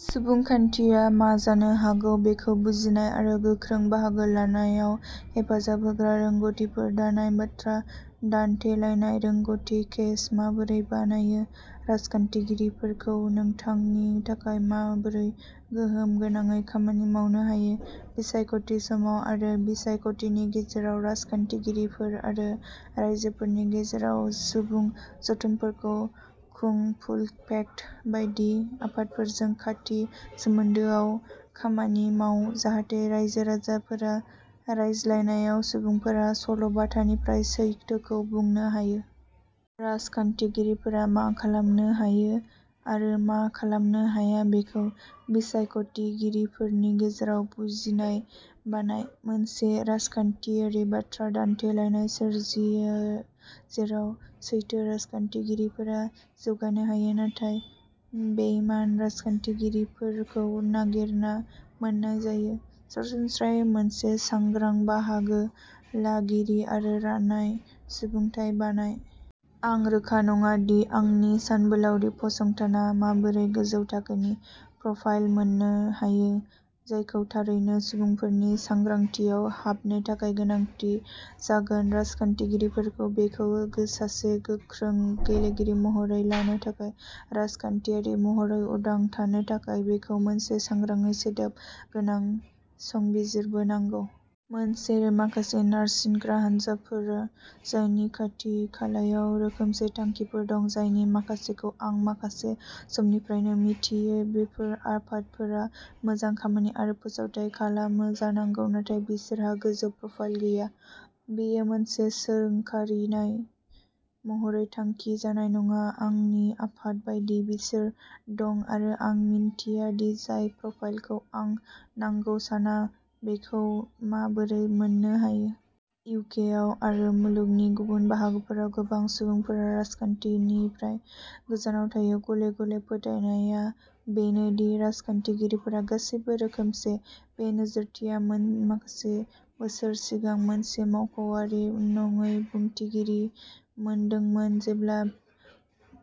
सुबुंखान्थिआ मा जानो हागौ बेखौ बुजिनाय आरो गोख्रों बाहागो लानायाव हेफाजाब होग्रा रोंगथिफोर दानाय बाथ्रा दान्थेलायनाय रोंगथि केस माबोरै बानायो राजखान्थिगिरिफोरखौ नोंथांनि थाखाय माबोरै गोहोम गोनाङै खामानि मावनो हायो। बिसायखथि समाव आरो बिसायखथिनि गेजेराव राजखान्थिगिरिफोर आरो राइजोफोरनि गेजेराव सुबुं जथुमफोरखौ खुं फुलफेक्ट बायदि आफादफोरजों खाथि सोमोन्दोआव खामानि माव जाहाथे रायजो राजाफोरा रायज्लायनायाव सुबुंफोरा सल'बाथानिफ्राय सैथोखौ बुंनो हायो। राजखान्थिगिरिफोरा मा खालामनो हायो आरो मा खालामनो हाया बेखौ बिसायख'गिरिफोरनि गेजेराव बुजिनाय बानाय। मोनसे राजखान्थियारि बाथ्रा दान्थेलायनाय सोरजियो जेराव सैथो राजखान्थिगिरिफोरा जौगानो हायो नाथाय बेइमान राजखान्थिगिरिफोरखौ नागिरना मोन्नाय जायो। सरासनस्रायै मोनसे सांग्रां बाहागो लागिरि आरो रानाय सुबुंखुंथाइ बानाय। आं रोखा नङा दि आंनि सानबोलावरि फसंथाना माबोरै गोजौ थाखोनि प्रफाइल मोननो हायो जायखौ थारैनो सुबुंफोरनि सांग्रांथियाव हाबनो थाखाय गोनांथि जागोन राजखान्थिगिरिफोरा बेखौ सासे गोख्रों गेलेगिरि महरै लानो थाखाय। राजखान्थियारि महरै उदां थानो थाखाय बेखौ मोनसे सांग्राङै सोदोब गोनां संबिजिरबो नांगौ। मोनसे माखासे नारसिनग्रा हानजाफोर जायनि खाथि खालायाव रोखोमसे थांखिफोर दं जायनि माखासेखौ आं माखासे समनिफ्रायनो मिथियो बेफोर आफादफोरा मोजां खामानि आरो फोसावथाय खालामो जानांगौ नाथाय बिसोरहा गोजौ प्रफाइल गैया। बेयो मोनसे सोंखारिनाय महरै थांखि जानाय नङा आंनि आफाद बायदि बिसोर दं आरो आं मिन्थिया दि जाय प्रफाइलखौ आं नांगौ सानो बेखौ माबोरै मोन्नो हायो। इउकेआव आरो मुलुगनि गुबुन बाहागोफोराव गोबां सुबुंफोरा राजखान्थिनिफ्राय गोजानाव थायो। गले गले फोथायनायआ बेनो दि राजखान्थिगिरिफोरा गासैबो रोखोमसे। बे नोजोरथिया माखासे बोसोर सिगां मोनसे मावख'आरि नङै बुंथिगिरि मोनदोंमोन जेब्ला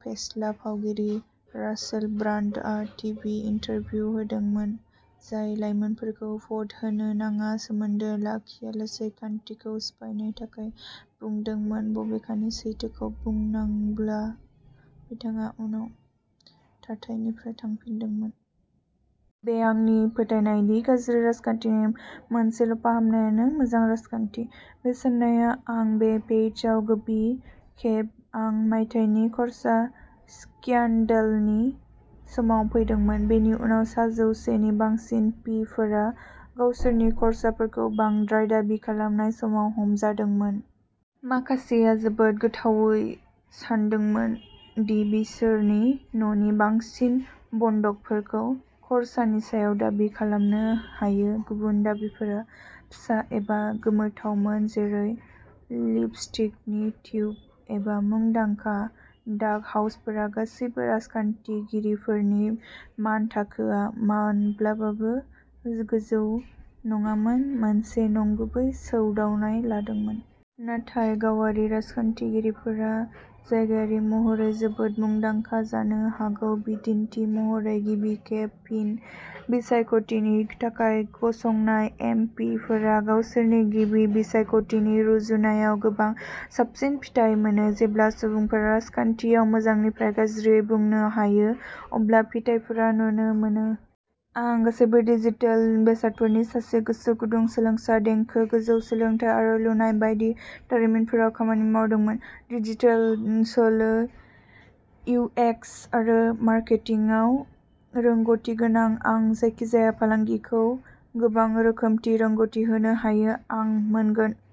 फेस्ला फावगिरि रासेल ब्रान्डआ टिभि इन्टारभिउ होदोंमोन जाय लाइमोनफोरखौ भ'ट होनो नाङा सोमोन्दो लाखियालासै खान्थिखौ सिफायनो थाखाय बुंदोंमोन बबेखानि सैथोखौ बुंनोब्ला बिथाङा उनाव बे थाथाइनिफ्राय थांफिनदोंमोन। बेयो आंनि फोथायनाय दि गाज्रि राजखान्थिनि मोनसेल'फाहामनायानो मोजां राजखान्थि। बे साननाया आं बे पेजआव गिबि खेब आं मायथाइनि खर्सा स्क्यान्डेलनि समाव फैदोंमोन। बेनि उनाव सा जौसे नि बांसिन पि फोरा गावसोरनि खर्साफोरखौ बांद्राय दाबि खालामनाय समाव हमजादोंमोन। माखासेआ जोबोद गोथौवै सानदोंमोन दि बिसोरनि न'नि बांसिन बन्दकफोरखौ खरसानि सायाव दाबि खालामनो हायो गुबुन दाबिफोरा फिसा एबा गोमोथावमोन जेरै लिपस्टिकनि टिउब एबा मुंदांखा डाक हाउसफोर। गासैबो राजखान्थिगिरिफोरनि मानथाखोआ माब्लाबाबो गोजौ नङामोन मोनसे नंगुबै सौदावनाय लादोंमोन। नाथाय गावारि राजखान्थिगिरिफोरा जायगायारि महरै जोबोद मुंदांखा जानो हागौ बिदिन्थि महरै गिबि खेब फिन बिसायख'थिनि थाखाय गसंनाय एम पि फोरा गावसोरनि गिबि बिसायख'थिनि रुजुनायाव गोबां साबसिन फिथाय मोनो। जेब्ला सुबुंफोरा राजखान्थियाव मोजांनिफ्राय गाज्रिखौ बुंनो हायो अब्ला फिथायफोरा नुनो मोनो। आं गासैबो डिजिटेल बेसादफोरनि सासे गोसोगुदुं सोलोंसा देंखो गोजौ सोलोंथाय आरो लुनाय बायदि दारिमिनफोराव खामानि मावदोंमोन। डिजिटेल सोलो इउएक्स आरो मार्केटिंआव रोंग'थि गोनां आं जायखिजाया फालांगिखौ गोबां रोखोमनि रोंग'थि होनो हायो आं मोनगोन।